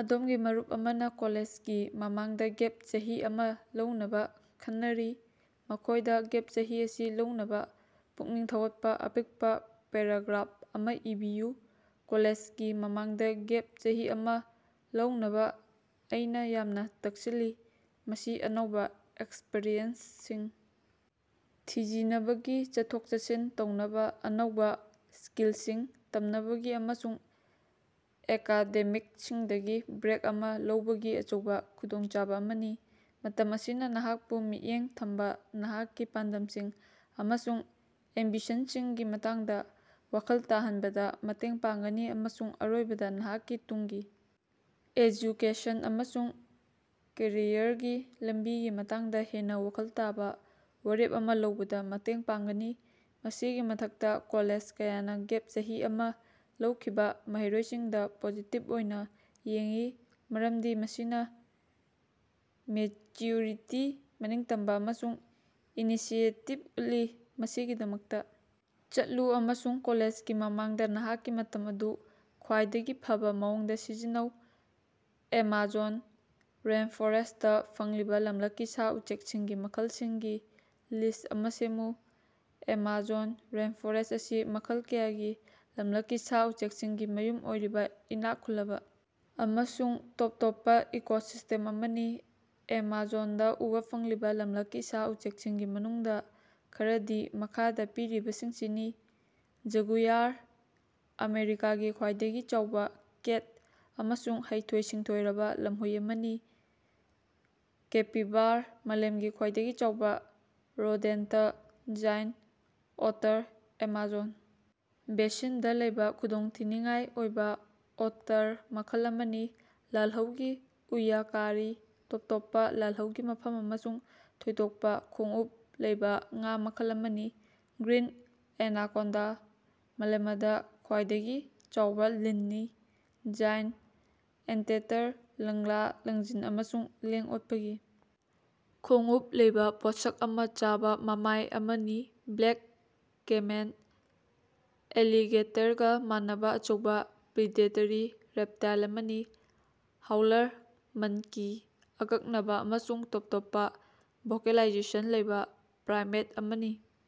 ꯑꯗꯣꯝꯒꯤ ꯃꯔꯨꯞ ꯑꯃꯅ ꯀꯣꯂꯦꯖꯒꯤ ꯃꯃꯥꯡꯗ ꯒꯦꯞ ꯆꯍꯤ ꯑꯃ ꯂꯧꯅꯕ ꯈꯟꯅꯔꯤ꯫ ꯃꯈꯣꯏꯗ ꯒꯦꯞ ꯆꯍꯤ ꯑꯁꯤ ꯂꯧꯅꯕ ꯄꯨꯛꯅꯤꯡ ꯊꯧꯒꯠꯄ ꯑꯄꯤꯛꯄ ꯄꯦꯔꯥꯒ꯭ꯔꯥꯞ ꯑꯃ ꯏꯕꯤꯌꯨ꯫ ꯀꯣꯂꯦꯖꯒꯤ ꯃꯃꯥꯡꯗ ꯒꯦꯞ ꯆꯍꯤ ꯑꯃ ꯂꯧꯅꯕ ꯑꯩꯅ ꯌꯥꯝꯅ ꯇꯛꯁꯤꯜꯂꯤ ꯃꯁꯤ ꯑꯅꯧꯕ ꯑꯦꯛꯁꯄꯔꯤꯌꯦꯟꯁꯁꯤꯡ ꯊꯤꯖꯤꯅꯕꯒꯤ ꯆꯠꯊꯣꯛ ꯆꯠꯁꯤꯟ ꯇꯧꯅꯕ ꯑꯅꯧꯕ ꯁꯀꯤꯜꯁꯤꯡ ꯇꯝꯅꯕꯒꯤ ꯑꯃꯁꯨꯡ ꯑꯦꯀꯥꯗꯦꯃꯤꯛꯁꯤꯡꯗꯒꯤ ꯕ꯭ꯔꯦꯛ ꯑꯃ ꯂꯧꯕꯒꯤ ꯑꯆꯧꯕ ꯈꯨꯗꯣꯡꯆꯥꯕ ꯑꯃꯅꯤ꯫ ꯃꯇꯝ ꯑꯁꯤꯅ ꯅꯍꯥꯛꯄꯨ ꯃꯤꯠꯌꯦꯡ ꯊꯝꯕ ꯅꯍꯥꯛꯀꯤ ꯄꯥꯟꯗꯝꯁꯤꯡ ꯑꯃꯁꯨꯡ ꯑꯦꯝꯕꯤꯁꯟꯁꯤꯡꯒꯤ ꯃꯇꯥꯡꯗ ꯋꯥꯈꯜ ꯇꯥꯍꯟꯕꯗ ꯃꯇꯦꯡ ꯄꯥꯡꯒꯅꯤ ꯑꯃꯁꯨꯡ ꯑꯔꯣꯏꯕꯗ ꯅꯍꯥꯛꯀꯤ ꯇꯨꯡꯒꯤ ꯑꯦꯖꯨꯀꯦꯁꯟ ꯑꯃꯁꯨꯡ ꯀꯦꯔꯤꯌꯔꯒꯤ ꯂꯝꯕꯤꯒꯤ ꯃꯇꯥꯡꯗ ꯍꯦꯟꯅ ꯋꯥꯈꯜ ꯇꯥꯕ ꯋꯥꯔꯦꯞ ꯑꯃ ꯂꯧꯕꯗ ꯃꯇꯦꯡ ꯄꯥꯡꯒꯅꯤ꯫ ꯃꯁꯤꯒꯤ ꯃꯊꯛꯇ ꯀꯣꯂꯦꯖ ꯀꯌꯥꯅ ꯒꯦꯞ ꯆꯍꯤ ꯑꯃ ꯂꯧꯈꯤꯕ ꯃꯍꯩꯔꯣꯏꯁꯤꯡꯗ ꯄꯣꯖꯤꯇꯤꯞ ꯑꯣꯏꯅ ꯌꯦꯡꯏ ꯃꯔꯝꯗꯤ ꯃꯁꯤꯅ ꯃꯦꯆꯌꯨꯔꯤꯇꯤ ꯃꯅꯤꯡꯇꯝꯕ ꯑꯃꯁꯨꯡ ꯏꯅꯤꯁꯤꯌꯦꯇꯤꯞ ꯎꯠꯂꯤ꯫ ꯃꯁꯤꯒꯤꯗꯃꯛꯇ ꯆꯠꯂꯨ ꯑꯃꯁꯨꯡ ꯀꯣꯂꯦꯖꯒꯤ ꯃꯃꯥꯡꯗ ꯅꯍꯥꯛꯀꯤ ꯃꯇꯝ ꯑꯗꯨ ꯈ꯭ꯋꯥꯏꯗꯒꯤ ꯐꯕꯥ ꯃꯑꯣꯡꯗ ꯁꯤꯖꯤꯟꯅꯧ꯫ ꯑꯦꯃꯥꯖꯣꯟ ꯔꯦꯟꯐꯣꯔꯦꯁꯇꯥ ꯐꯪꯂꯤꯕ ꯂꯝꯂꯛꯀꯤ ꯁꯥ ꯎꯆꯦꯛꯁꯤꯡꯒꯤ ꯃꯈꯜꯁꯤꯡꯒꯤ ꯂꯤꯁ ꯑꯃ ꯁꯦꯝꯃꯨ꯫ ꯑꯦꯃꯥꯖꯣꯟ ꯔꯦꯟꯐꯣꯔꯦꯁ ꯑꯁꯤ ꯃꯈꯜ ꯀꯌꯥꯒꯤ ꯂꯝꯂꯛꯀꯤ ꯁꯥ ꯎꯆꯦꯛꯁꯤꯡꯒꯤ ꯃꯌꯨꯝ ꯑꯣꯏꯔꯤꯕ ꯏꯅꯥꯛ ꯈꯨꯜꯂꯕ ꯑꯃꯁꯨꯡ ꯇꯣꯞ ꯇꯣꯞꯄ ꯏꯀꯣꯁꯤꯁꯇꯦꯝ ꯑꯃꯅꯤ꯫ ꯑꯦꯃꯥꯖꯣꯟꯗꯥ ꯎꯕꯥ ꯐꯪꯂꯤꯕ ꯂꯝꯂꯛꯀꯤ ꯁꯥ ꯎꯆꯦꯛꯁꯤꯡꯒꯤ ꯃꯅꯨꯡꯗ ꯈꯔꯗꯤ ꯃꯈꯥꯗ ꯄꯤꯔꯤꯕꯁꯤꯡꯁꯤꯅꯤ ꯖꯒꯨꯌꯥꯔ ꯑꯃꯦꯔꯤꯀꯥꯒꯤ ꯈ꯭ꯋꯥꯏꯗꯒꯤ ꯆꯥꯎꯕ ꯀꯦꯠ ꯑꯃꯁꯨꯡ ꯍꯩꯊꯣꯏ ꯁꯤꯡꯊꯣꯏꯔꯕ ꯂꯝꯍꯨꯏ ꯑꯃꯅꯤ꯫ ꯀꯦꯄꯤꯕꯥꯔ ꯃꯥꯂꯦꯝꯒꯤ ꯈ꯭ꯋꯥꯏꯗꯒꯤ ꯆꯥꯎꯕ ꯔꯣꯗꯦꯟꯇ ꯖꯥꯏꯟ ꯑꯣꯇꯔ ꯑꯦꯃꯥꯖꯣꯟ ꯕꯦꯁꯤꯟꯗ ꯂꯩꯕ ꯈꯨꯗꯣꯡꯊꯤꯅꯤꯉꯥꯏ ꯑꯣꯏꯕ ꯑꯣꯇꯔ ꯃꯈꯜ ꯑꯃꯅꯤ꯫ ꯂꯥꯜꯍꯧꯒꯤ ꯎꯌꯥꯀꯥꯔꯤ ꯇꯣꯞ ꯇꯣꯞꯄ ꯂꯥꯜꯍꯧꯒꯤ ꯃꯐꯝ ꯑꯃꯁꯨꯡ ꯊꯣꯏꯗꯣꯛꯄ ꯈꯣꯡꯎꯞ ꯂꯩꯕ ꯉꯥ ꯃꯈꯜ ꯑꯃꯅꯤ꯫ ꯒ꯭ꯔꯤꯟ ꯑꯦꯅꯥꯀꯣꯟꯗꯥ ꯃꯥꯂꯦꯃꯗ ꯈ꯭ꯋꯥꯏꯗꯒꯤ ꯆꯥꯎꯕ ꯂꯤꯟꯅꯤ꯫ ꯖꯥꯏꯟ ꯑꯦꯟꯇꯦꯇꯔ ꯂꯪꯂꯥ ꯂꯪꯖꯤꯟ ꯑꯃꯁꯨꯡ ꯂꯦꯡ ꯑꯣꯠꯄꯒꯤ ꯈꯣꯡꯎꯞ ꯂꯩꯕ ꯄꯣꯠꯁꯛ ꯑꯃ ꯆꯥꯕ ꯃꯃꯥꯏ ꯑꯃꯅꯤ꯫ ꯕ꯭ꯂꯦꯛ ꯀꯦꯃꯦꯟ ꯑꯦꯂꯤꯒꯦꯇꯔꯒ ꯃꯥꯟꯅꯕ ꯑꯆꯧꯕ ꯄ꯭ꯔꯤꯗꯦꯇꯔꯤ ꯔꯦꯞꯇꯥꯏꯜ ꯑꯃꯅꯤ꯫ ꯍꯥꯎꯂꯔ ꯃꯟꯀꯤ ꯑꯀꯛꯅꯕ ꯑꯃꯁꯨꯡ ꯇꯣꯞ ꯇꯣꯞꯄ ꯚꯣꯀꯦꯂꯥꯏꯖꯦꯁꯟ ꯂꯩꯕ ꯄ꯭ꯔꯥꯏꯃꯦꯠ ꯑꯃꯅꯤ꯫